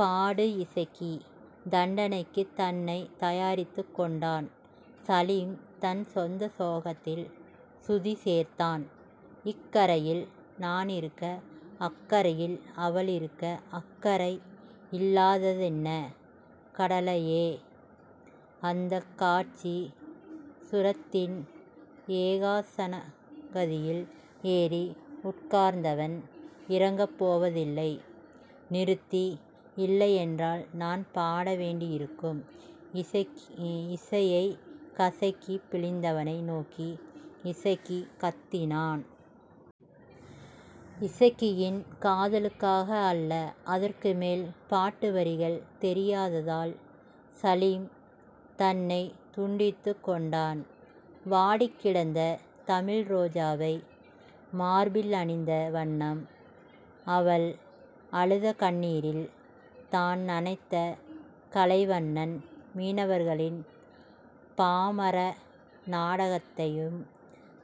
பாடு. இசக்கி தண்டனைக்குத் தன்னைத் தயாரித்துக் கொண்டான். சலீம் தன் சொந்த சோகத்தில் சுதி சேர்த்தான். இக்கரையில் நானிருக்க அக்கரையில் அவளிருக்க அக்கறை இல்லாததென்ன கடலலையே. அந்தக் கடைசி சுரத்தின் ஏகாரசங்கதியில் ஏறி உட்கார்ந்தவன் இறங்கவேயில்லை. நிறுத்து. இல்லையென்றால் நான் பாட வேண்டியிருக்கும். இசையைக் கசக்கிப் பிழிந்தவனை நோக்கி இசக்கி கத்தினான். இசக்கியின் கத்தலுக்காக அல்ல அதற்கு மேல் பாட்டு வரிகள் தெரியாததால் சலீம் தன்னைத் துண்டித்துக் கொண்டான். வாடிக்கிடந்த தமிழ்ரோஜாவை மார்பில் அணிந்த வண்ணம், அவள் அழுத கண்ணீரில் தான் நனைந்த கலைவண்ணன், மீனவர்களின் பாமர நாடகத்தையும்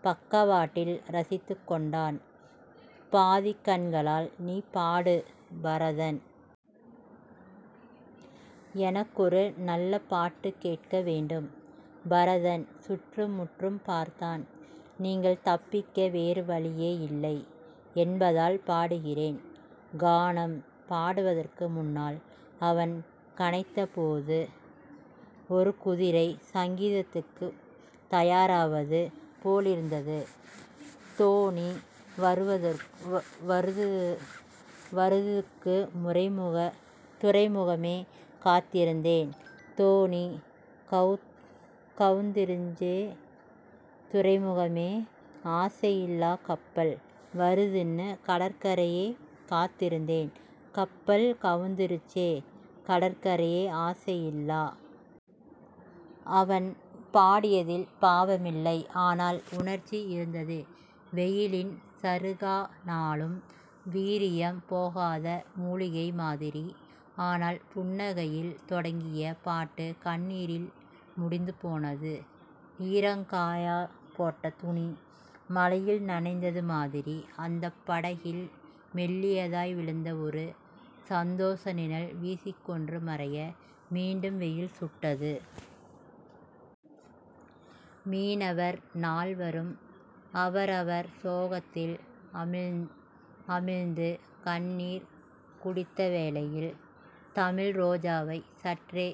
பக்கவாட்டில் ரசித்துக் கொண்டான் பாதிக்கண்களால். நீ பாடு பரதன். எனக்கொரு நல்ல பாட்டுக் கேட்க வேண்டும் பரதன் சுற்றும்முற்றும் பார்த்தான். நீங்கள் தப்பிக்க வேறுவழியே இல்லை என்பதால் பாடுகிறேன். கானம் பாடுவதற்கு முன்னால் அவன் கனைத்தபோது ஒரு குதிரை சங்கீதத்துக்குத் தயாராவது போலிருந்தது. தோணி வருகுதுன்னு துறைமுகமே காத்திருந்தேன் தோணி கவுந்திருச்சே துறைமுகமே ஆசையில்ல கப்பல் வருகுதுன்னு கடற்கரையே காத்திருந்தேன் கப்பல் கவுந்திருச்சே கடற்கரையே ஆசையில்ல. அவன் பாடியதில் பாவமில்லை. ஆனால், உணர்ச்சி இருந்தது வெயிலில் சருகானாலும் வீரியம் போகாத முலிகை மாதிரி. ஆனால், புன்னகையில் தொடங்கிய பாட்டு கண்ணீரில் முடிந்து போனது ஈரங்காயப் போட்ட துணி மழையில் நனைந்தது மாதிரி. அந்தப் படகில் மெல்லியதாய் விழுந்த ஒரு சந்தோஷ நிழல் விசுக்கென்று மறைய மீண்டும் வெயில் சுட்டது. மீனவர் நால்வரும் அவரவர் சோகத்தில் அமிழ்ந்து கண்ணீர் குடித்த வேளையில் தமிழ்ரோஜாவைச் சற்றே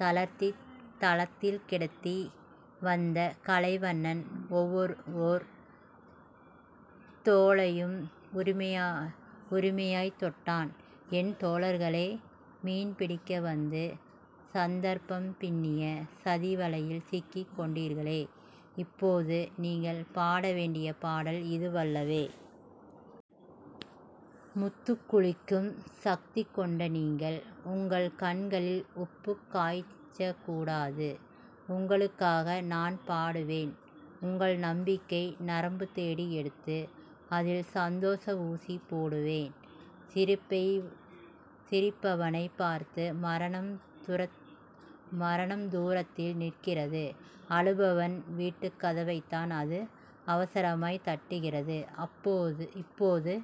தளர்த்தித் தளத்தில் கிடத்தி வந்த கலைவண்ணன் ஒவ்வொருவர் தோளையும் உரிமையாய்த் தொட்டான். என் தோழர்களே. மீன் பிடிக்க வந்து சந்தர்ப்பம் பின்னிய சதிவலையில் சிக்கிக் கொண்டவர்களே. இப்போது நீங்கள் பாடவேண்டிய பாடல் இதுவல்லவே. முத்துக் குளிக்கும் சக்தி கொண்ட நீங்கள்... உங்கள் கண்களில் உப்புக் காய்ச்சக்கூடாது. உங்களுக்காக நான் பாடுவேன். உங்கள் நம்பிக்கை நரம்பு தேடி எடுத்து அதில் சந்தோஷ ஊசி போடுவேன். சிரிப்பவனைப் பார்த்து மரணம் தூரத்தில் நிற்கிறது. அழுபவன் வீட்டுக் கதவைத்தான் அது அவசரமாய்த் தட்டுகிறது. இப்போது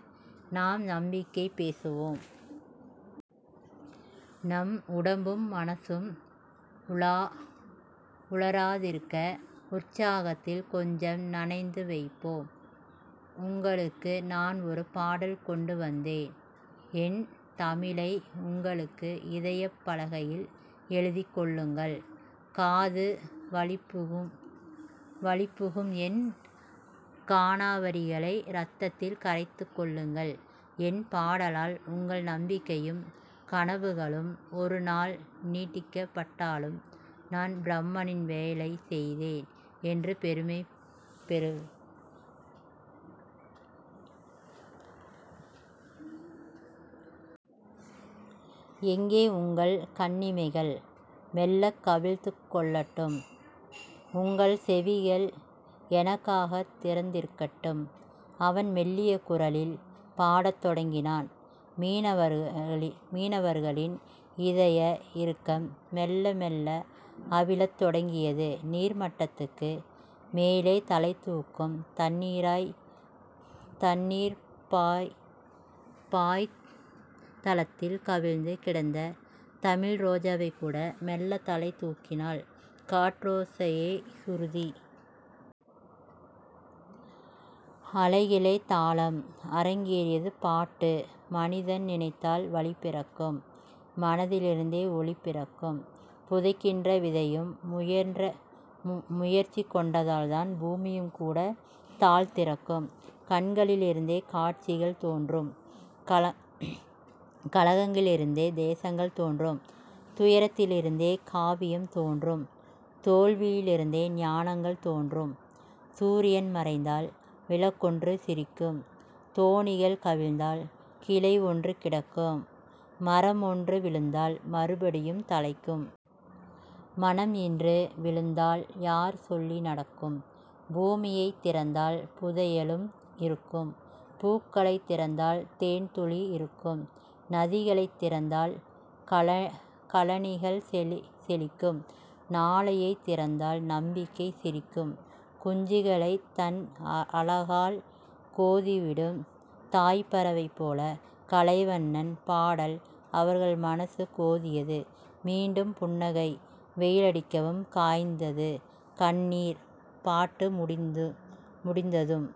நாம் நம்பிக்கை பேசுவோம். நம் உடம்பும் மனசும் உலராதிருக்க உற்சாகத்தில் கொஞ்சம் நனைத்து வைப்போம். உங்களுக்கு நான் ஒரு பாடல் கொண்டு வந்தேன். என் தமிழை உங்கள் இதயப் பலகையில் எழுதிக் கொள்ளுங்கள். காதுவழிப்புகும் என் கானவரிகளை ரத்தத்தில் கரைத்துக் கொள்ளுங்கள். என் பாடலால் உங்கள் நம்பிக்கையும் கனவுகளும் ஒருநாள் நீட்டிக்கப்பட்டாலும் நான் பிரம்மனின் வேலை செய்தேன் என்ற பெருமை பெறுவேன். எங்கே, உங்கள் கண்ணிமைகள் மெள்ளக் கவிழ்ந்து கொள்ளட்டும். உங்கள் செவிகள் எனக்காகத் திறந்திருக்கட்டும். அவன் மெல்லிய குரலில் பாடத்தொடங்கினான். மீனவர்களின் இதய இறுக்கம் மெள்ள மெள்ள அவிழத் தொடங்கியது. நீர்மட்டத்துக்கு மேலே தலைதூக்கும் தண்ணீர்ப்பாம்பாய்த் தளத்தில் கவிழ்ந்து கிடந்த தமிழ்ரோஜாகூட மெள்ளத் தலை தூக்கினாள். காற்றோசையே சுருதி. அலைகளே தாளம். அரங்கேறியது பாட்டு மனிதன் நினைத்தால் வழி பிறக்கும். மனதிலிருந்தே ஒளி பிறக்கும் புதைக்கின்ற விதையும் முயற்சி கொண்டால்தான் பூமியும்கூடத் தாழ் திறக்கும் கண்களிலிருந்தே காட்சிகள் தோன்றும் களங்களிலிருந்தே தேசங்கள் தோன்றும் துயரத்திலிருந்தே காவியம் தோன்றும் தோல்வியிலிருந்தே ஞானங்கள் தோன்றும் சூரியன் மறைந்தால் விளக்கொன்று சிரிக்கும் தோணிகள் கவிழ்ந்தால் கிளை ஒன்று கிடைக்கும் மரமொன்று விழுந்தால் மறுபடி தழைக்கும். மனம் இன்று விழுந்தால் யார் சொல்லி நடக்கும்? பூமியைத் திறந்தால் புதையலும் இருக்கும். பூக்களைத் திறந்தால் தேன்துளி இருக்கும் நதிகளைத் திறந்தால் கழனிகள் செழிக்கும் நாளையைத் திறந்தால் நம்பிக்கை சிரிக்கும். குஞ்சுகளைத் தன் அலகால் கோதிவிடும் தாய்ப்பறவை போல கலைவண்ணன் பாடல் அவர்கள் மனசு கோதியது. மீண்டும் புன்னகை வெயிலடிக்கவும் காய்ந்தது கண்ணீர். பாட்டு முடிந்ததும்